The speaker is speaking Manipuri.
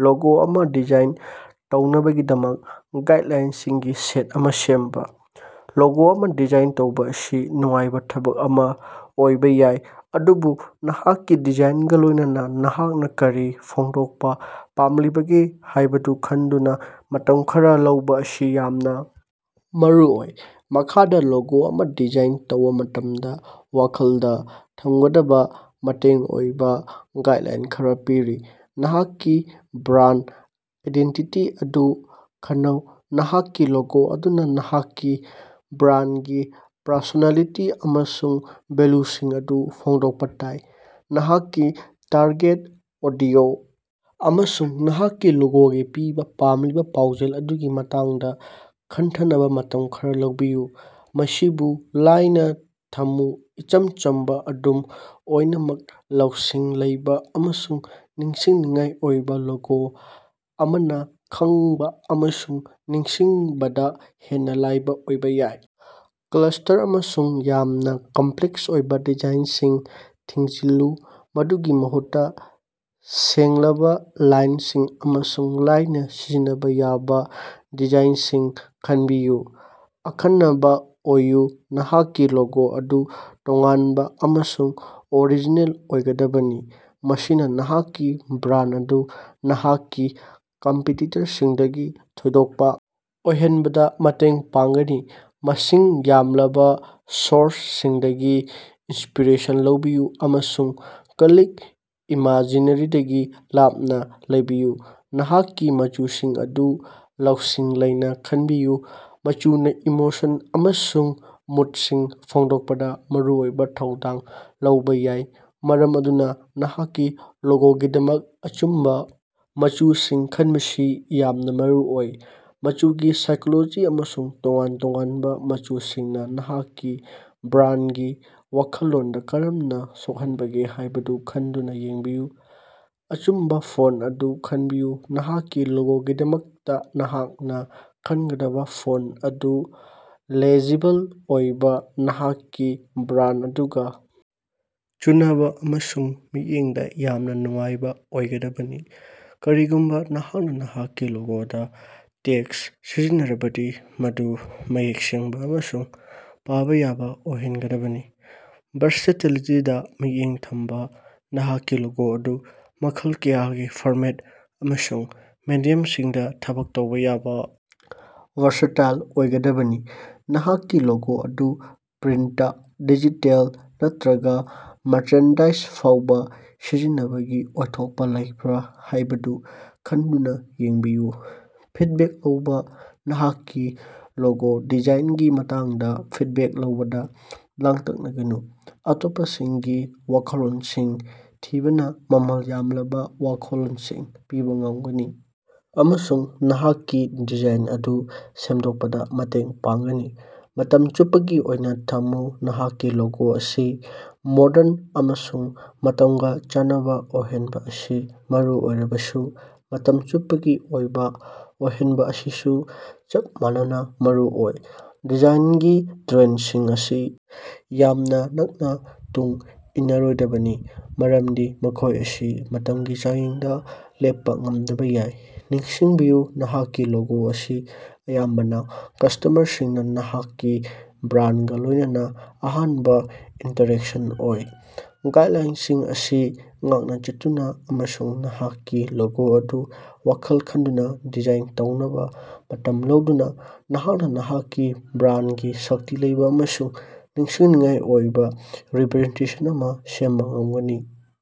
ꯂꯣꯒꯣ ꯑꯃ ꯗꯤꯖꯥꯏꯟ ꯇꯧꯅꯕꯒꯤꯗꯃꯛ ꯒꯥꯏ꯭ꯗꯂꯥꯏꯟꯁꯤꯡꯒꯤ ꯁꯦꯠ ꯑꯃ ꯁꯦꯝꯕ꯫ ꯂꯣꯒꯣ ꯑꯃ ꯗꯤꯖꯥꯏꯟ ꯇꯧꯕ ꯑꯁꯤ ꯅꯨꯡꯉꯥꯏꯕ ꯊꯕꯛ ꯑꯃ ꯑꯣꯏꯕ ꯌꯥꯏ, ꯑꯗꯨꯕꯨ ꯅꯍꯥꯛꯀꯤ ꯗꯤꯖꯥꯏꯟꯒ ꯂꯣꯏꯅꯅ ꯅꯍꯥꯛꯅ ꯀꯔꯤ ꯐꯣꯡꯗꯣꯛꯄ ꯄꯥꯝꯂꯤꯕꯒꯦ ꯍꯥꯏꯕꯗꯨ ꯈꯟꯗꯨꯅ ꯃꯇꯝ ꯈꯔ ꯂꯧꯕ ꯑꯁꯤ ꯌꯥꯝꯅ ꯃꯔꯨꯑꯣꯏ꯫ ꯃꯈꯥꯗ ꯂꯣꯒꯣ ꯑꯃ ꯗꯤꯖꯥꯏꯟ ꯇꯧꯕ ꯃꯇꯝꯗ ꯋꯥꯈꯜꯗ ꯊꯝꯒꯗꯕ ꯃꯇꯦꯡ ꯑꯣꯏꯕ ꯒꯥꯏ꯭ꯗꯂꯥꯏꯟ ꯈꯔ ꯄꯤꯔꯤ ꯅꯍꯥꯛꯀꯤ ꯕ꯭ꯔꯥꯟꯗ ꯑꯥꯏꯗꯦꯟꯇꯤꯇꯤ ꯑꯗꯨ ꯈꯟꯅꯧ ꯅꯍꯥꯛꯀꯤ ꯂꯣꯒꯣ ꯑꯗꯨꯅ ꯅꯍꯥꯛꯀꯤ ꯕ꯭ꯔꯥꯟꯗꯒꯤ ꯄ꯭ꯔꯁꯣꯅꯦꯂꯤꯇꯤ ꯑꯃꯁꯨꯡ ꯚꯦꯂ꯭ꯌꯨꯁꯤꯡ ꯑꯗꯨ ꯐꯣꯡꯗꯣꯛꯄ‌ ꯇꯥꯏ꯫ ꯅꯍꯥꯛꯀꯤ ꯇꯥ꯭ꯔꯒꯦꯠ ꯑꯣꯗꯤꯑꯣ ꯑꯃꯁꯨꯡ ꯅꯍꯥꯛꯀꯤ ꯂꯣꯒꯣꯒꯤ ꯄꯤꯕ ꯄꯥꯝꯂꯤꯕ ꯄꯥꯎꯖꯦꯜ ꯑꯗꯨꯒꯤ ꯃꯇꯥꯡꯗ ꯈꯟꯊꯅꯕ ꯃꯇꯝ ꯈꯔ ꯂꯧꯕꯤꯌꯨ꯫ ꯃꯁꯤꯕꯨ ꯂꯥꯏꯅꯥ ꯊꯝꯃꯨ ꯏꯆꯝ ꯆꯝꯕ ꯑꯗꯨꯝ ꯑꯣꯏꯅꯃꯛ ꯂꯧꯁꯤꯡ ꯂꯩꯕ ꯑꯃꯁꯨꯡ ꯅꯤꯡꯁꯤꯡꯅꯤꯡꯉꯥꯏ ꯑꯣꯏꯕ ꯂꯣꯒꯣ ꯑꯃꯅ ꯈꯪꯕ ꯑꯃꯁꯨꯡ ꯅꯤꯡꯁꯤꯡꯕꯗ ꯍꯦꯟꯅ ꯂꯥꯏꯕ ꯑꯣꯏꯕ‌ ꯌꯥꯏ꯫ ꯀ꯭ꯂꯥꯁꯇꯔ ꯑꯃꯁꯨꯡ ꯌꯥꯝꯅ ꯀꯝꯄ꯭ꯂꯦꯛꯁ ꯑꯣꯏꯕ ꯗꯤꯖꯥꯏꯟꯁꯤꯡ ꯊꯤꯡꯖꯤꯜꯂꯨ ꯃꯗꯨꯒꯤ ꯃꯍꯨꯠꯇ ꯁꯦꯡꯂꯕ ꯂꯥꯏꯟꯁꯤꯡ ꯑꯃꯁꯨꯡ ꯂꯥꯏꯅꯥ ꯁꯤꯖꯤꯟꯅꯕ ꯌꯥꯕ ꯗꯤꯖꯥꯏꯟꯁꯤꯡ ꯈꯟꯕꯤꯌꯨ꯫ ꯑꯈꯟꯅꯕ ꯑꯣꯏꯌ‌ꯨ ꯅꯍꯥꯛꯀꯤ ꯂꯣꯒꯣ ꯑꯗꯨ ꯇꯣꯉꯥꯟꯕ ꯑꯃꯁꯨꯡ ꯑꯣꯔꯤꯖꯤꯅꯦꯜ ꯑꯣꯏꯒꯗꯕꯅꯤ, ꯃꯁꯤꯅ ꯅꯍꯥꯛꯀꯤ ꯕ꯭ꯔꯥꯟꯗ ꯑꯗꯨ ꯅꯍꯥꯛꯀꯤ ꯀꯝꯄꯤꯇꯤꯇꯔꯁꯤꯡꯗꯒꯤ ꯊꯣꯏꯗꯣꯛꯄ‌ ꯑꯣꯏꯍꯟꯕꯗ ꯃꯇꯦꯡ ꯄꯥꯡꯒꯅꯤ꯫ ꯃꯁꯤꯡ ꯌꯥꯝꯂꯕ ꯁꯣꯔ꯭ꯁꯁꯤꯡꯗꯒꯤ ꯏꯟ꯭ꯁꯄꯤꯔꯦꯁꯟ ꯂꯧꯕꯤꯌꯨ ꯑꯃꯁꯨꯡ ꯀ꯭ꯂꯤꯛ ꯏꯃꯦꯖꯔꯤꯗꯒꯤ ꯂꯥꯞꯅ ꯂꯩꯕꯤꯌꯨ꯫ ꯅꯍꯥꯛꯀꯤ ꯃꯆꯨꯁꯤꯡ ꯑꯗꯨ ꯂꯧꯁꯤꯡ ꯂꯩꯅ ꯈꯟꯕꯤꯌꯨ ꯃꯆꯨꯅ ꯏꯃꯣꯁꯟ ꯑꯃꯁꯨꯡ ꯃꯨꯗꯁꯤꯡ ꯐꯣꯡꯗꯣꯛꯄꯗ ꯃꯔꯨꯑꯣꯏꯕ ꯊꯧꯗꯥꯡ ꯂꯧꯕ ꯌꯥꯏ, ꯃꯔꯝ ꯑꯗꯨꯅ ꯅꯍꯥꯛꯀꯤ ꯂꯣꯒꯣꯒꯤꯗꯃꯛ ꯑꯆꯨꯝꯕ ꯃꯆꯨꯁꯤꯡ ꯈꯟꯕꯁꯤ ꯌꯥꯝꯅ ꯃꯔꯨꯑꯣꯏ꯫ ꯃꯆꯨꯒꯤ ꯁꯥꯏꯀꯣꯂꯣꯖꯤ ꯑꯃꯁꯨꯡ ꯇꯣꯉꯥꯟ ꯇꯣꯉꯥꯟꯕ ꯃꯆꯨꯁꯤꯡꯅ ꯅꯍꯥꯛꯀꯤ ꯕ꯭ꯔꯥꯟꯗꯒꯤ ꯋꯥꯈꯜꯂꯣꯟꯗ ꯀꯔꯝꯅ ꯁꯣꯛꯍꯟꯕꯒꯦ ꯍꯥꯏꯕꯗꯨ ꯈꯟꯗꯨꯅ ꯌꯦꯡꯕꯤꯌꯨ꯫ ꯑꯆꯨꯝꯕ ꯐꯣꯟ꯭ꯇ ꯑꯗꯨ ꯈꯟꯕꯤꯌꯨ ꯅꯍꯥꯛꯀꯤ ꯂꯣꯒꯣꯒꯤꯗꯃꯛꯇ ꯅꯍꯥꯛꯅ ꯈꯟꯒꯗꯕ ꯐꯣꯟ꯭ꯇ ꯑꯗꯨ ꯂꯦꯖꯤꯕꯜ ꯑꯣꯏꯕ ꯅꯍꯥꯛꯀꯤ ꯕ꯭ꯔꯥꯟꯗ ꯑꯗꯨꯒ ꯆꯨꯅꯕ ꯑꯃꯁꯨꯡ ꯃꯤꯠꯌꯦꯡꯗ‌ ꯌꯥꯝꯅ ꯅꯨꯡꯉꯥꯏꯕ ꯑꯣꯏꯒꯗꯕꯅꯤ꯫ ꯀꯔꯤꯒꯨꯝꯕ ꯅꯍꯥꯛꯅ ꯅꯍꯥꯛꯀꯤ ꯂꯣꯒꯣꯗ ꯇꯦꯛ꯭ꯁꯠ ꯁꯤꯖꯤꯟꯅꯔꯕꯗꯤ, ꯃꯗꯨ ꯃꯌꯦꯛ ꯁꯦꯡꯕ ꯑꯃꯁꯨꯡ ꯄꯥꯕ ꯌꯥꯕ ꯑꯣꯏꯍꯟꯒꯗꯕꯅꯤ꯫ ꯚꯥꯔꯁꯦꯇꯤꯂꯤꯇꯤꯗ ꯃꯤꯠꯌꯦꯡ ꯊꯝꯕ ꯅꯍꯥꯛꯀꯤ ꯂꯣꯒꯣ ꯑꯗꯨ ꯃꯈꯜ ꯀꯌꯥꯒꯤ ꯐꯣꯔꯃꯦꯠ ꯑꯃꯁꯨꯡ ꯃꯦꯗꯤꯌꯝꯁꯤꯡꯗ ꯊꯕꯛ ꯇꯧꯕ ꯌꯥꯕ ꯋꯥꯔꯁꯥꯏꯇꯤꯜ ꯑꯣꯏꯒꯗꯕꯅꯤ꯫ ꯅꯍꯥꯛꯀꯤ ꯂꯣꯒꯣ ꯑꯗꯨ ꯄ꯭ꯔꯤꯟꯇ, ꯗꯤꯖꯤꯇꯦꯜ ꯅꯠꯇꯔꯒ ꯃꯥꯔꯆꯦꯟꯗꯥꯏ꯭ꯖꯗ‌ ꯐꯥꯎꯕ ꯁꯤꯖꯤꯟꯅꯕꯒꯤ ꯑꯣꯏꯊꯣꯛꯄ ꯂꯩꯕ꯭ꯔꯥ ꯍꯥꯏꯕꯗꯨ ꯈꯟꯗꯨꯅ ꯌꯦꯡꯕꯤꯌꯨ꯫ ꯐꯤꯗꯕꯦꯛ ꯂꯧꯕ ꯅꯍꯥꯛꯀꯤ ꯂꯣꯒꯣ ꯗꯤꯖꯥꯏꯟꯒꯤ ꯃꯇꯥꯡꯗ ꯐꯤꯗꯕꯦꯛ ꯂꯧꯕꯗ ꯂꯥꯡꯇꯛꯅꯒꯅꯨ꯫ ꯑꯇꯣꯞꯄꯁꯤꯡꯒꯤ ꯋꯥꯈꯜꯂꯣꯟꯁꯤꯡ ꯊꯤꯕꯅ ꯃꯃꯜ ꯌꯥꯝꯂꯕ ꯋꯥꯈꯜꯂꯣꯟꯁꯤꯡ ꯄꯤꯕ ꯉꯝꯒꯅꯤ ꯑꯃꯁꯨꯡ ꯅꯍꯥꯛꯀꯤ ꯗꯤꯖꯥꯏꯟ ꯑꯗꯨ ꯁꯦꯝꯗꯣꯛꯄꯗ ꯃꯇꯦꯡ ꯄꯥꯡꯒꯅꯤ꯫ ꯃꯇꯝ ꯆꯨꯞꯄꯒꯤ ꯑꯣꯏꯅ ꯊꯝꯃꯨ ꯅꯍꯥꯛꯀꯤ ꯂꯣꯒꯣ ꯑꯁꯤ ꯃꯣꯗ꯭ꯔꯟ ꯑꯃꯁꯨꯡ ꯃꯇꯝꯒ ꯆꯥꯟꯅꯕ ꯑꯣꯏꯍꯟꯕ ꯑꯁꯤ ꯃꯔꯨ ꯑꯣꯏꯔꯕꯁꯨ, ꯃꯇꯝ ꯆꯨꯞꯄꯒꯤ ꯑꯣꯏꯕ ꯑꯣꯏꯍꯟꯕ ꯑꯁꯤꯁꯨ ꯆꯞ ꯃꯥꯟꯅꯅ ꯃꯔꯨꯑꯣꯏ꯫ ꯗꯤꯖꯥꯏꯟꯒꯤ ꯇ꯭ꯔꯦꯟꯗꯁꯤꯡ ꯑꯁꯤ ꯌꯥꯝꯅ ꯅꯛꯅ ꯇꯨꯡ ꯏꯟꯅꯔꯣꯏꯗꯕꯅꯤ, ꯃꯔꯝꯗꯤ ꯃꯈꯣꯏ ꯑꯁꯤ ꯃꯇꯝꯒꯤ ꯆꯥꯡꯌꯦꯡꯗ ꯂꯦꯞꯄ ꯉꯝꯗꯕ ꯌꯥꯏ꯫ ꯅꯤꯡꯁꯤꯡꯕꯤꯌꯨ ꯅꯍꯥꯛꯀꯤ ꯂꯣꯒꯣ ꯑꯁꯤ ꯑꯌꯥꯝꯕꯅ ꯀꯁ꯭ꯇꯃꯔꯁꯤꯡꯅ ꯅꯍꯥꯛꯀꯤ ꯕ꯭ꯔꯥꯟꯗꯒ ꯂꯣꯏꯅꯅ ꯑꯍꯥꯟꯕ ꯏꯟꯇꯔꯦꯛꯁꯟ ꯑꯣꯏ꯫ ꯒꯥꯏꯗ꯭ꯂꯥꯏꯟꯁꯤꯡ ꯑꯁꯤ ꯉꯥꯛꯅ ꯆꯠꯇꯨꯅ ꯑꯃꯁꯨꯡ ꯅꯍꯥꯛꯀꯤ ꯂꯣꯒꯣ ꯑꯗꯨ ꯋꯥꯈꯜ ꯈꯟꯗꯨꯅ ꯗꯤꯖꯥꯏꯟ ꯇꯧꯅꯕ ꯃꯇꯝ ꯂꯧꯗꯨꯅ ꯅꯍꯥꯛꯅ ꯅꯍꯥꯛꯀꯤ ꯕ꯭ꯔꯥꯟꯗꯒꯤ ꯁꯛꯇꯤ ꯂꯩꯕ ꯑꯃꯁꯨꯡ ꯅꯤꯡꯁꯤꯡꯅꯤꯡꯉꯥꯏ ꯑꯣꯏꯕ ꯔꯤꯄꯔꯖꯦꯟꯇꯦꯁꯟ ꯑꯃ ꯁꯦꯝꯕ ꯉꯝꯒꯅꯤ꯫।